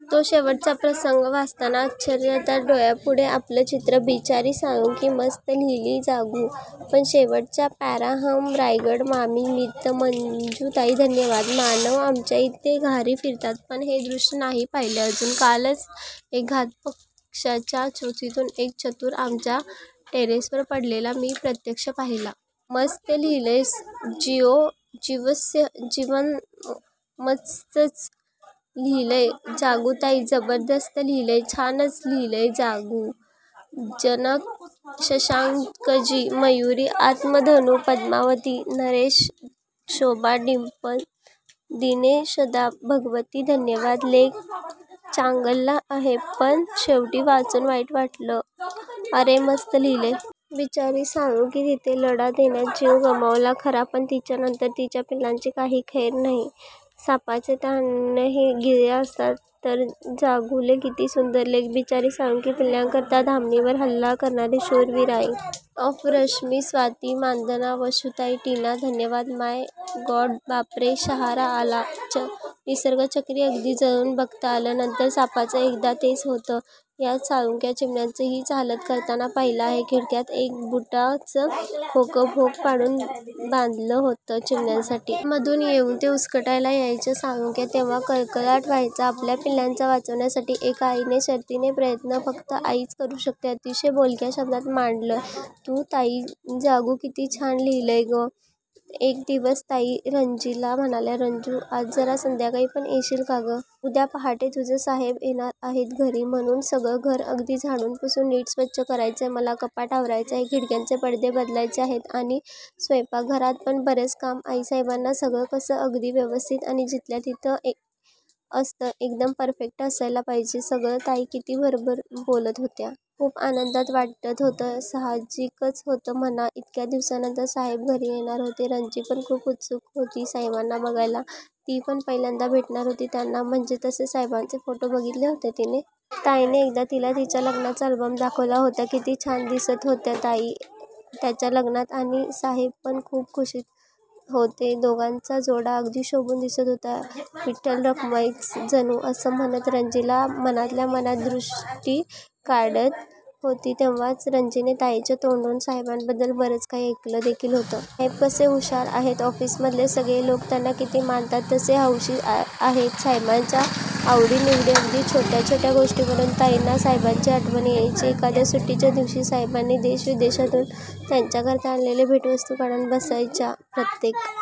तो शेवटचा प्रसंग वाचताना अक्षरशः डोळ्यापुढे आलं चित्रं. बिचारी साळुंखी. मस्त लिहीलंय जागू पण शेवटचा पॅराहम्म्म्म्. रायगड, मामी, मित, मंजूताई धन्यवाद. मानव आमच्याइथे घारी फिरतात पण हे दृश्य नाही पाहीले अजून. कालच एक चातक पक्श्याच्या चोचीतून एक चतूर आमच्या टेरेसवर पडलेला मी प्रत्यक्ष पाहीला. मस्त लिहलयसं! जीवो जीवस्य जीवनम्मस्तचं लिहिलंय जागूताई. जबरदस्त लिहीलंय! छानच लिहीलय जागू. चनस, शशांकजी, मयुरी, आत्मधनु, पद्मावती, नरेश, शोभा, डिंपल, दिनेशदा, भगवती धन्यवाद. लेख चान्गला आहे, पण शेवट वाचुन वाईट वाटले ग.:अरेरे:मस्त लिहिलय! बिचारी साळूण्की. तिने लढा देताना जीव गमावला खरा पण तिच्यां नंतर तिच्या पिल्लांची काही खैर नहै. सांपाने त्यांनाही गिळले असणार. तःजागुले किती सुंदर लेख.. बिचारी साळुंखी.. पिल्लांकरता धामणीवर हल्ला करणारी शूर वीर आई.. हॅट्स ऑफ!! रश्मी, स्वाती, साधना, वर्षुताऊई, टीना धन्यवाद. My God. बापरे, शहारा आला. निसर्गचक्र अगदी जवळून बघता आलं. नंतर सापाचंही एकदा तेच होतं. याच साळुंक्या चिमण्यांची हीच हालत करताना पाहिलं आहे. खिडकीत एक बुटाचं खोकं भोक पाडून बांधलं होतं चिमण्यांसाठी. अधूनमधून येऊन ते उसकटायला यायच्या साळुंक्या तेव्हा कलकलाट व्हायचा. आपल्या पिल्लांना वाचविण्याची एका आईचे शर्तीचे प्रयत्नहे फक्त आईच करू शकते. अतिशय बोलक्या शब्दात मांडलय तू ताईजागू, किती छान लिहीलयस ग. एक दिवस ताई रंजीला म्हणाल्या,"रंजू, आज जरा संध्याकाळी पण येशील का गं? उद्या पहाटे तुझे साहेब येणार आहेत घरी; म्हणून सगळं घर अगदी झाडून पुसून नीट स्वच्छ करायचंय मला, कपाटं आवरायची आहेत, खिडक्यांचे पडदे बदलायचे आहेतआणि हो- स्वैपाकघरात पण बरंच काम आहेसाहेबांना सगळं कसं अगदी व्यवस्थित आणि जिथल्या तिथे हवं असतंएकदम परफेक्ट असायला पाहिजे सगळं"ताई किती भरभरून बोलत होत्या.. खूप आनंदात वाटत होत्या साहजिकच होतं म्हणा.. इतक्या दिवसांनंतर साहेब घरी येणार होते! रंजी पण खूप उत्सुक होती साहेबांना बघायला. ती पण पहिल्यांदाच भेटणार होती त्यांना म्हणजे तसे साहेबांचे फोटो बघितले होते तिनी! ताईंनीच एकदा तिला त्यांच्या लग्नाचा अल्बम दाखवला होता. किती छान दिसत होत्या ताई त्यांच्या लग्नातआणि साहेब पण खूप खुशीत होतेदोघांचा जोडा अगदी शोभून दिसत होता.. 'इठ्ठल-रखुमाई च जनु'.. असं म्हणत रंजीनी मनातल्या मनात दोघांची दृष्ट काढली होती तेव्हातसं रंजीनी ताईंच्या तोंडून साहेबांबद्दल बरंच काही ऐकलं देखील होतं. साहेब कसे हुशार आहेतऑफिस मधले सगळे लोक त्यांना किती मानतातते कसे हौशी आहेतसाहेबांच्या आवडी निवडीअगदी छोट्या छोट्या गोष्टींवरून ताईंना साहेबांची आठवण यायची! एखाद्या सुट्टीच्या दिवशी साहेबांनी देश-विदेशातून त्यांच्याकरता आणलेल्या भेटवस्तू काढून बसायच्याप्रत्येक